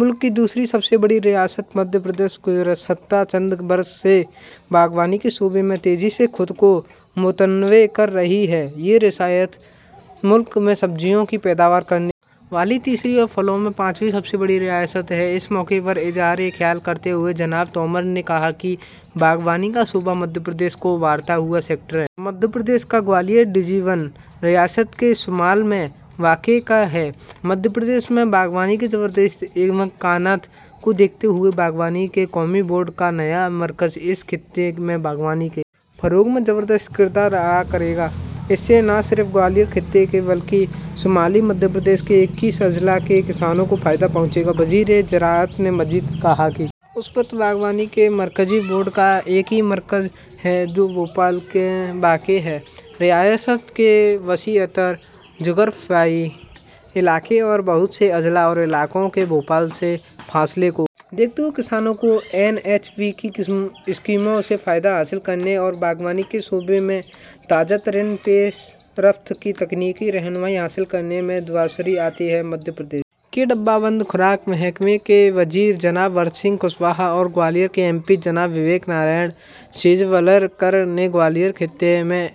ملک کی دوسری سب سے بڑی ریاست مدھیہ پردیش گزشتہ چند برس سے باغبانی کے شعبے میں تیزی سے خود کو متنوع بنا رہی ہے یہ ریاست ملک میں سبزیوں کی پیداوار کرنے والی تیسری اور پھلوں میں پانچویں سب سے بڑی ریاست ہے اس موقع پر اظہار خیال کرتے ہوئے جناب تومر نے کہا کہ باغبانی کا شعبہ مدھیہ پردیش کا ابھرتا ہوا سیکٹر ہے مدھیہ پردیش کا گوالیر ڈویژن ریاست کے شمال میں واقع ہے مدھیہ پردیش میں باغبانی کے زبردست امکانات کو دیکھتے ہوئے باغبانی کے قومی بورڈ کا نیا مرکز اس خطے میں باغبانی کے فروغ میں زبردست کردار ادا کرے گا اس سے نہ صرف گوالیر خطے کے بلکہ شمالی مدھیہ پردیش کے اکیس اضلاع کے کسانوں کو فائدہ پہنچے گا وزیر زراعت نے مزید کہا کہ اس وقت باغبانی کے مرکزی بورڈ کا ایک ہی مرکز ہے جو بھوپال میں واقع ہے ریاست کے وسیع تر جغرافیائی علاقے اور بہت سے اضلاع اور علاقوں کے بھوپال سے فاصلے کو دیکھتے ہوئے کسانوں کو این ایچ بی کی اسکیموں سے فائدہ حاصل کرنے اور باغبانی کے شعبے میں تازہ ترین پیش رفت کی تکنیکی رہنمائی حاصل کرنے میں دشواری آتی ہے مدھیہ پردیش کے ڈبہ بند خوراک محکمے کے وزیر جناب بھرت سنگھ کشواہا اور گوالیر کے ایم پی جناب وویک نرائن شیجوالکر نے گوالیر خطے میں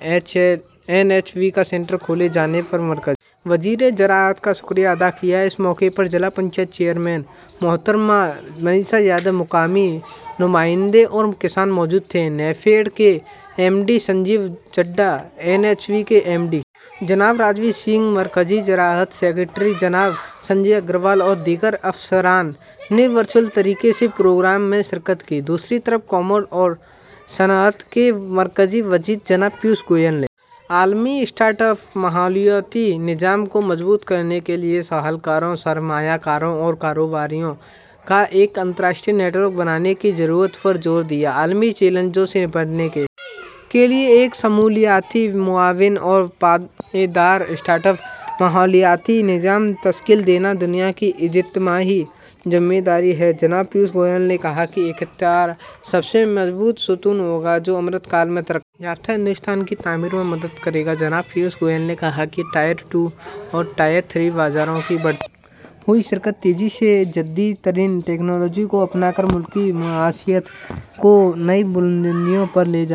این ایچ بی کا سینٹر کھولے جانے پر مرکزی وزیر زراعت کا شکریہ ادا کیا اس موقع پر ضلع پنچایت چیئرمین محترمہ منیشا یادو مقامی نمائندے اور کسان موجود تھے نیفڈ کے M D Sanjeev Chadha N H B کے ایم ڈی جناب راج بیر سنگھ مرکزی زراعت سکریٹری جناب سنجے اگروال اور دیگر افسران نے ورچوئل طریقے سے پروگرام میں شرکت کی دوسری طرف کامرس اور صنعت کے مرکزی وزیر جناب پیوش گوئل نے عالمی اسٹارٹ اپ ماحولیاتی نظام کو مضبوط کرنے کے لیے صلاح کاروں سرمایہ کاروں اور کاروباریوں کا ایک بین الاقوامی نیٹ ورک بنانے کی ضرورت پر زور دیا عالمی چیلنجوں سے نمٹنے کے لیے ایک شمولیاتی معاون اور پائیدار اسٹارٹ اپ ماحولیاتی نظام تشکیل دینا دنیا کی اجتماعی ذمہ داری ہے جناب پیوش گوئل اختراع سب سے مضبوط ستون ہو گا جو امرت کال میں ترقی یافتہ ہندوستان کی تعمیر میں مدد کرے گا جناب پیوش گوئل نے کہا کہ ٹائر ٹو اور ٹائر تھری بازاروں کی بڑھتی ہوئی شرکت تیزی سے جدید ترین ٹیکنالوجی کو اپنا کر ملکی معیشت کو نئی بلندیوں پر لے جا رہی ہے